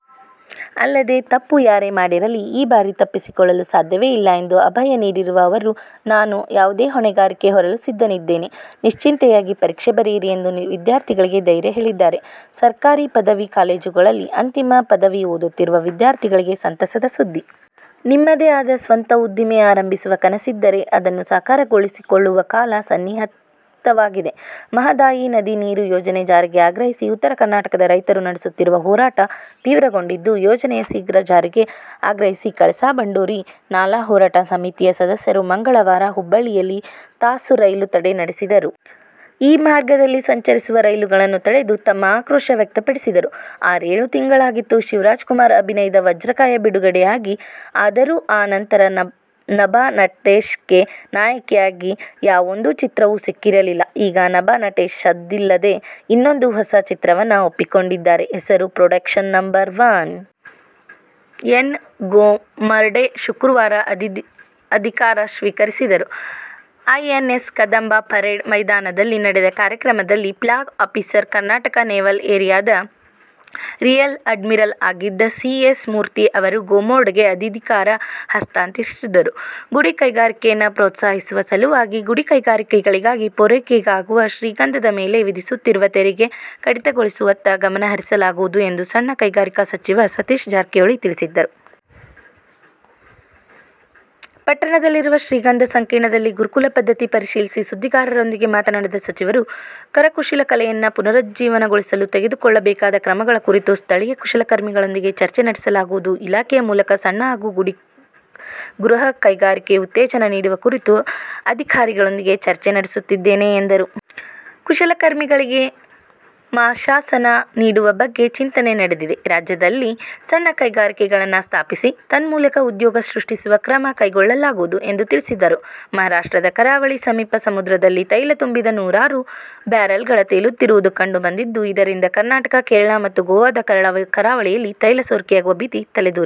ಅಲ್ಲದೆ, ತಪ್ಪು ಯಾರೇ ಮಾಡಿರಲಿ ಈ ಬಾರಿ ತಪ್ಪಿಸಿಕೊಳ್ಳಲು ಸಾಧ್ಯವೇ ಇಲ್ಲ ಎಂದು ಅಭಯ ನೀಡಿರುವ ಅವರು, ನಾನು ಯಾವುದೇ ಹೊಣೆಗಾರಿಕೆ ಹೊರಲೂ ಸಿದ್ಧನಿದ್ದೇನೆ. ನಿಶ್ಚಿಂತೆಯಾಗಿ ಪರೀಕ್ಷೆ ಬರೆಯಿರಿ ಎಂದು ವಿದ್ಯಾರ್ಥಿಗಳಿಗೆ ಧೈರ್ಯ ಹೇಳಿದ್ದಾರೆ. ಸರ್ಕಾರಿ ಪದವಿ ಕಾಲೇಜುಗಳಲ್ಲಿ ಅಂತಿಮ ಪದವಿ ಓದುತ್ತಿರುವ ವಿದ್ಯಾರ್ಥಿಗಳಿಗೆ ಸಂತಸದ ಸುದ್ದಿ. ನಿಮ್ಮದೇ ಆದ ಸ್ವಂತ ಉದ್ದಿಮೆ ಆರಂಭಿಸುವ ಕನಸಿದ್ದರೆ ಅದನ್ನು ಸಾಕಾರಗೊಳಿಸಿಕೊಳ್ಳುವ ಕಾಲ ಸನ್ನಿಹಿತವಾಗಿದೆ. ಮಹದಾಯಿ ನದಿ ನೀರು ಯೋಜನೆ ಜಾರಿಗೆ ಆಗ್ರಹಿಸಿ ಉತ್ತರ ಕರ್ನಾಟಕದ ರೈತರು ನಡೆಸುತ್ತಿರುವ ಹೋರಾಟ ತೀವ್ರಗೊಂಡಿದ್ದು, ಯೋಜನೆಯ ಶೀಘ್ರ ಜಾರಿಗೆ ಆಗ್ರಹಿಸಿ ಕಳಸಾ-ಬಂಡೂರಿ ನಾಲಾ ಹೋರಾಟ ಸಮಿತಿಯ ಸದಸ್ಯರು ಮಂಗಳವಾರ ಹುಬ್ಬಳ್ಳಿಯಲ್ಲಿ ತಾಸು ರೈಲು ತಡೆ ನಡೆಸಿದರು. ಈ ಮಾರ್ಗದಲ್ಲಿ ಸಂಚರಿಸುವ ರೈಲುಗಳನ್ನು ತಡೆದು ತಮ್ಮ ಆಕ್ರೋಶ ವ್ಯಕ್ತಪಡಿಸಿದರು. ಆರೇಳು ತಿಂಗಳಾಗಿತ್ತು ಶಿವರಾಜಕುಮಾರ್ ಅಭಿನಯದ "ವಜ್ರಕಾಯ' ಬಿಡುಗಡೆಯಾಗಿ. ಆದರೂ ಆ ನಂತರ ನಭಾ ನಟೇಶ್ಗೆ ನಾಯಕಿಯಾಗಿ ಯಾವೊಂದು ಚಿತ್ರವೂ ಸಿಕ್ಕಿರಲಿಲ್ಲ. ಈಗ ನಭಾ ನಟೇಶ್ ಸದ್ದಿಲ್ಲದೆ ಇನ್ನೊಂದು ಹೊಸ ಚಿತ್ರವನ್ನು ಒಪ್ಪಿಕೊಂಡಿದ್ದಾರೆ. ಹೆಸರು "production number one'. N. Gormade ಶುಕ್ರವಾರ ಅಧಿಧಿಕಾರ ಸ್ವೀಕರಿಸಿದರು. ಐಎನ್ಎಸ್ ಕದಂಬ ಪರೇಡ್ ಮೈದಾನದಲ್ಲಿ ನಡೆದ ಕಾರ್ಯಕ್ರಮದಲ್ಲಿ ಫ್ಲಾಗ್ ಆಫೀಸರ್, ಕರ್ನಾಟಕ ನೇವಲ್ ಏರಿಯಾದ ರಿಯರ್ ಅಡ್ಮಿರಲ್ ಆಗಿದ್ದ ಸಿ. ಎಸ್. ಮೂರ್ತಿ ಅವರು ಗೋರ್ಮಡೆಗೆ ಅಧಿಧಿಕಾರ ಹಸ್ತಾಂತರಿಸಿದರು. ಗುಡಿಕೈಗಾರಿಕೆಯನ್ನು ಪ್ರೋತ್ಸಾಹಿಸುವ ಸಲುವಾಗಿ ಗುಡಿಕೈಗಾರಿಕೆಗಳಿಗೆ ಪೂರೈಕೆಯಾಗುವ ಶ್ರೀಗಂಧದ ಮೇಲೆ ವಿಧಿಧಿಸುತ್ತಿರುವ ತೆರಿಗೆ ಕಡಿತಗೊಳಿಸುವತ್ತ ಗಮನ ಹರಿಸಲಾಗುವುದು ಎಂದು ಸಣ್ಣ ಕೈಗಾರಿಕಾ ಸಚಿವ ಸತೀಶ್ ಜಾರಕಿಹೊಳಿ ತಿಳಿಸಿದರು. ಪಟ್ಟಣದಲ್ಲಿರುವ ಶ್ರೀಗಂಧ ಸಂಕೀರ್ಣದಲ್ಲಿ ಗುರುಕುಲ ಪದ್ಧತಿ ಪರಿಶೀಲಿಸಿ ಸುದ್ದಿಗಾರರೊಂದಿಗೆ ಮಾತನಾಡಿದ ಸಚಿವರು, ಕರಕುಶಲ ಕಲೆಯನ್ನು ಪುನರುಜ್ಜೀವಗೊಳಿಸಲು ತೆಗೆದುಕೊಳ್ಳಬೇಕಾದ ಕ್ರಮಗಳ ಕುರಿತು ಸ್ಥಳೀಯ ಕುಶಲಕರ್ಮಿಗಳೊಂದಿಗೆ ಚರ್ಚೆ ನಡೆಸಲಾಗುವುದು. ಇಲಾಖೆಯ ಮೂಲಕ ಸಣ್ಣ ಹಾಗೂ ಗುಡಿ, ಗೃಹ ಕೈಗಾರಿಕೆ ಉತ್ತೇಜನ ನೀಡುವ ಕುರಿತು ಅಧಿಧಿಕಾರಿಗಳೊಂದಿಗೆ ಚರ್ಚೆ ನಡೆಸುತ್ತಿದ್ದೇನೆ ಎಂದರು. ಕುಶಲಕರ್ಮಿಗಳಿಗೆ ಮಾಸಾಶನ ನೀಡುವ ಬಗ್ಗೆ ಚಿಂತನೆ ನಡೆದಿದೆ. ರಾಜ್ಯದಲ್ಲಿ ಸಣ್ಣ ಕೈಗಾರಿಕೆಗಳನ್ನು ಸ್ಥಾಪಿಸಿ, ತನ್ಮೂಲಕ ಉದ್ಯೋಗ ಸೃಷ್ಟಿಸಲು ಕ್ರಮ ಕೈಗೊಳ್ಳಲಾಗುವುದು ಎಂದು ತಿಳಿಸಿದರು. ಮಹಾರಾಷ್ಟ್ರದ ಕರಾವಳಿ ಸಮೀಪ ಸಮುದ್ರದಲ್ಲಿ ತೈಲ ತುಂಬಿದ ನೂರಾರು ಬ್ಯಾರಲ್ಗಳು ತೇಲುತ್ತಿರುವುದು ಕಂಡು ಬಂದಿದ್ದು, ಇದರಿಂದ ಕರ್ನಾಟಕ, ಕೇರಳ ಮತ್ತು ಗೋವಾದ ಕರಾವಳಿಯಲ್ಲಿ ತೈಲ ಸೋರಿಕೆಯಾಗುವ ಭೀತಿ ತಲೆದೋರಿದೆ.